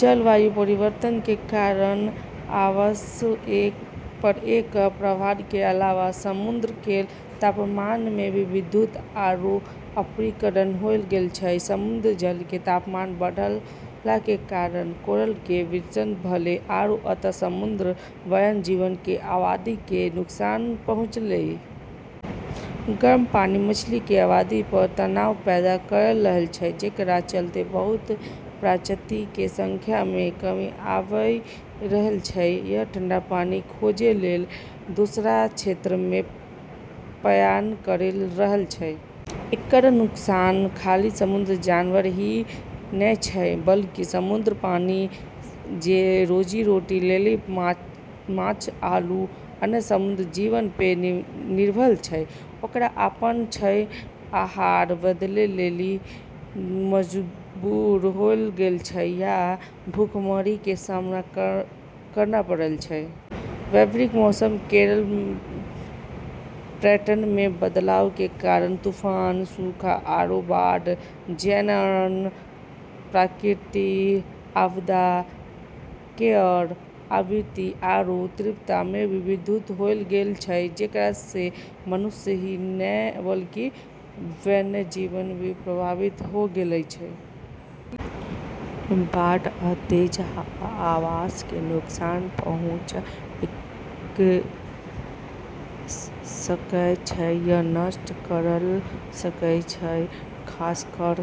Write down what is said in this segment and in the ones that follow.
जलवायु परिवर्तन के कारण आवास पर एकरऽ प्रभाव के अलावा समुद्र केरऽ तापमान म॑ भी वृद्धि आरू अम्लीकरण होय गेलऽ छै। समुद्री जल के तापमान बढ़ला के कारण कोरल के विरंजन भेलै आरू अंततः समुद्री वन्यजीव के आबादी के नुकसान पहुँचलै। गर्म पानी मछली के आबादी पर तनाव पैदा करी रहलऽ छै, जेकरा चलतें बहुत प्रजाति के संख्या म॑ कमी आबी रहलऽ छै या ठंडा पानी खोजै लेली दोसरऽ क्षेत्रऽ म॑ पलायन करी रहलऽ छै। एकरऽ नुकसान खाली समुद्री जानवर ही नै छै, बल्कि समुद्री पक्षी जे रोजी-रोटी लेली माछ आरू अन्य समुद्री जीवऽ प॑ निर्भर छै, ओकरा अपनऽ आहार बदलै लेली मजबूर होय गेलऽ छै या भूखमरी के सामना करना पड़॑ छै। वैश्विक मौसम केरऽ पैटर्न म॑ बदलाव के कारण तूफान, सूखा, आरू बाढ़ जैसनऽ प्राकृतिक आपदा केरऽ आवृत्ति आरू तीव्रता म॑ भी वृद्धि होय गेलऽ छै, जेकरा स॑ मनुष्य ही नै बल्कि वन्यजीव भी प्रभावित होय गेलऽ छै। बाढ़ आ तेज हवा आवास कें नुकसान पहुंचा सकएय छै या नष्ट कयर सकएय छै, खासकर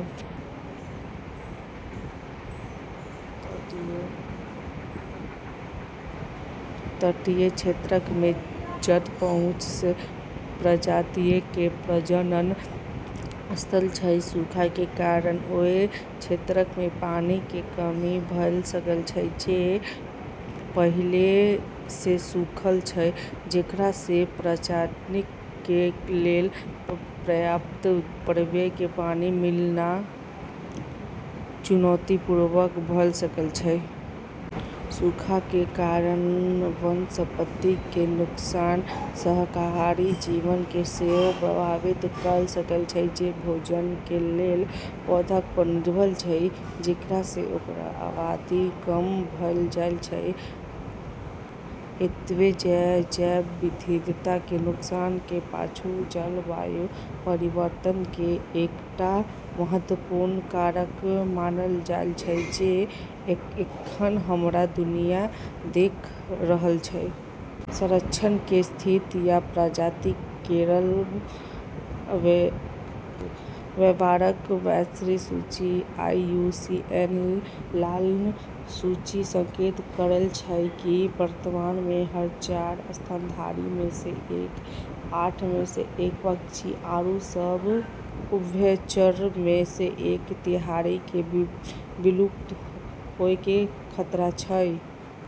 तटीय क्षेत्रक मे, जत बहुत सं प्रजातियक कें प्रजनन स्थल छै. सूखा कें कारण ओय क्षेत्रक मे पानी कें कमी भ सकय छै जे पइहले सं शुष्क छै, जेकरा सं प्रजातियक कें लेल पर्याप्त पीवय कें पानी मिलनाय चुनौतीपूर्ण भ सकय छै. सूखा कें कारण वनस्पति कें नुकसान शाकाहारी जीवक कें सेहो प्रभावित कयर सकय छै, जे भोजन कें लेल पौधाक पर निर्भर छै, जेकरा सं ओकर आबादी कम भ जायत छै. एतबे नै, जैव विविधता के नुकसान के पाछु जलवायु परिवर्तन के एकटा महत्वपूर्ण कारक मानल जाइत अछि जे एखन हमर दुनिया देख रहल अछि। संरक्षण केरऽ स्थिति या प्रजाति केरऽ व्यापक वैश्विक सूची आईयूसीएन लाल सूची संकेत करै छै कि, वर्तमान म॑ हर चार स्तनधारी म॑ स॑ एक, आठ म॑ स॑ एक पक्षी आरू सब उभयचरऽ म॑ स॑ एक तिहाई क॑ विलुप्त होय के खतरा छै।